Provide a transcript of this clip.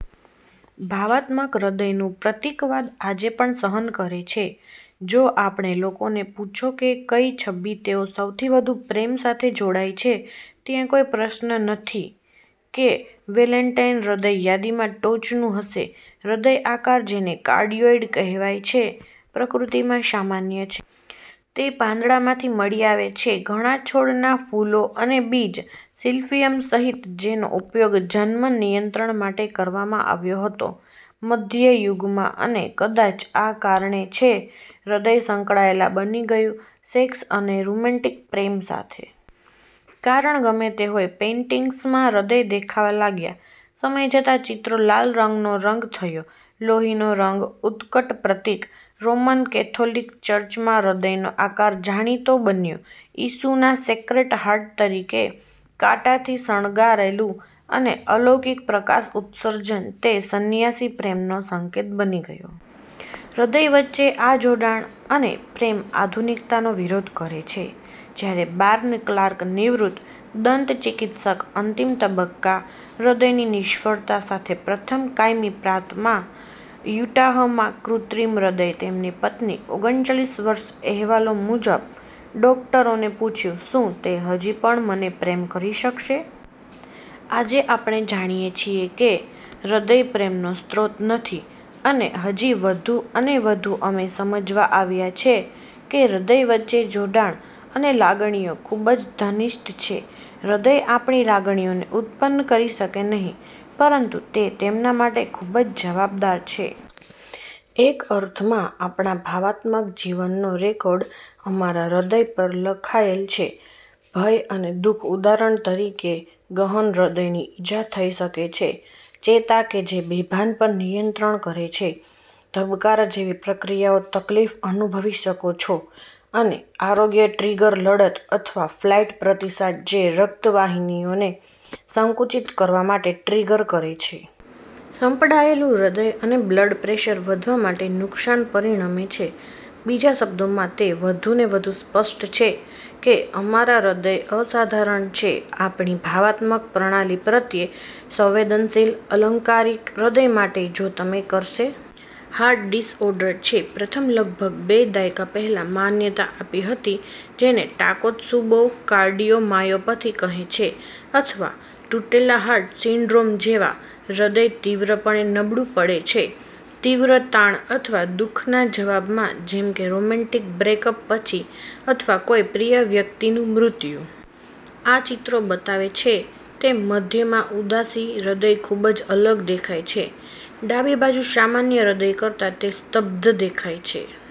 ભાવનાત્મક હૃદયનું પ્રતીકવાદ આજે પણ સહન કરે છે. જો આપણે લોકોને પૂછો કે કઈ છબી તેઓ સૌથી વધુ પ્રેમ સાથે જોડાય છે, ત્યાં કોઈ પ્રશ્ન નથી કે વેલેન્ટાઇન હૃદય યાદીમાં ટોચનું હશે. હૃદય આકાર, જેને કાર્ડિયોઇડ કહેવાય છે, પ્રકૃતિમાં સામાન્ય છે. તે પાંદડામાંથી મળી આવે છે. ઘણા છોડના ફૂલો અને બીજ, સિલ્ફિયમ સહિત જેનો ઉપયોગ જન્મ નિયંત્રણ માટે કરવામાં આવ્યો હતો મધ્ય યુગમાં અને કદાચ આ કારણ છે હૃદય સંકળાયેલ બની ગયું સેક્સ અને રોમેન્ટિક પ્રેમ સાથે. કારણ ગમે તે હોય, પેઇન્ટિંગ્સમાં હૃદય દેખાવા લાગ્યા. સમય જતાં ચિત્રો લાલ રંગનો રંગ થયો, લોહીનો રંગ, ઉત્કટ પ્રતીક. રોમન કેથોલિક ચર્ચમાં હૃદયનો આકાર જાણીતો બન્યો ઈસુના સેક્રેડ હાર્ટ તરીકે. કાંટાથી શણગારેલું અને અલૌકિક પ્રકાશ ઉત્સર્જન, તે સન્યાસી પ્રેમનો સંકેત બની ગયો. હૃદય વચ્ચે આ જોડાણ અને પ્રેમ આધુનિકતાનો વિરોધ કરે છે. જ્યારે બાર્ને ક્લાર્ક, નિવૃત્ત દંતચિકિત્સક અંતિમ તબક્કામાં હૃદયની નિષ્ફળતા સાથે પ્રથમ કાયમી પ્રાપ્તમાં યુટાહમાં કૃત્રિમ હૃદય તેમની પત્ની ઓગણચાલીસ વર્ષ અહેવાલો મુજબ ડોકટરોને પૂછ્યું, "શું તે હજી પણ મને પ્રેમ કરી શકશે?" આજે આપણે જાણીએ છીએ કે હૃદય પ્રેમનો સ્ત્રોત નથી. અને હજી વધુ અને વધુ અમે સમજવા આવ્યા છે કે હૃદય વચ્ચે જોડાણ અને લાગણીઓ ખૂબ જ ઘનિષ્ઠ છે. હૃદય આપણી લાગણીઓને ઉત્પન્ન કરી શકે નહીં, પરંતુ તે તેમના માટે ખૂબ જ જવાબદાર છે. એક અર્થમાં આપણા ભાવનાત્મક જીવનનો રેકોર્ડ અમારા હૃદય પર લખાયેલ છે. ભય અને દુખ ઉદાહરણ તરીકે, ગહન હૃદયની ઇજા થઈ શકે છે. ચેતા કે જે બેભાન પર નિયંત્રણ કરે છે ધબકારા જેવી પ્રક્રિયાઓ તકલીફ અનુભવી શકો છો અને અયોગ્ય ટ્રીગર લડત અથવા ફ્લાઇટ પ્રતિસાદ જે રક્ત વાહિનીઓને સંકુચિત કરવા માટે ટ્રિગર કરે છે. સપડાયેલું હૃદય અને બ્લડ પ્રેશર વધવા માટે નુકસાન પરિણમે છે. બીજા શબ્દોમાં તે વધુને વધુ સ્પષ્ટ છે કે અમારા હૃદય અસાધારણ છે. આપણી ભાવનાત્મક પ્રણાલી પ્રત્યે સંવેદનશીલ, અલંકારિક હૃદય માટે જો તમે કરશે. હાર્ટ ડિસઓર્ડર છે પ્રથમ લગભગ બે દાયકા પહેલા માન્યતા આપી હતી જેને "ટાકોત્સુબો કાર્ડિયોમાયોપથી" કહે છે અથવા "તૂટેલા હાર્ટ સિન્ડ્રોમ" જેમાં હૃદય તીવ્રપણે નબળું પડે છે. તીવ્ર તાણ અથવા દુખના જવાબમાં જેમ કે રોમેન્ટિક બ્રેકઅપ પછી અથવા કોઈ પ્રિય વ્યક્તિનું મૃત્યુ. આ ચિત્રો બતાવે છે તેમ મધ્યમાં ઉદાસી હૃદય ખૂબ જ અલગ દેખાય છે ડાબી બાજુ સામાન્ય હૃદય કરતાં. તે સ્તબ્ધ દેખાય છે.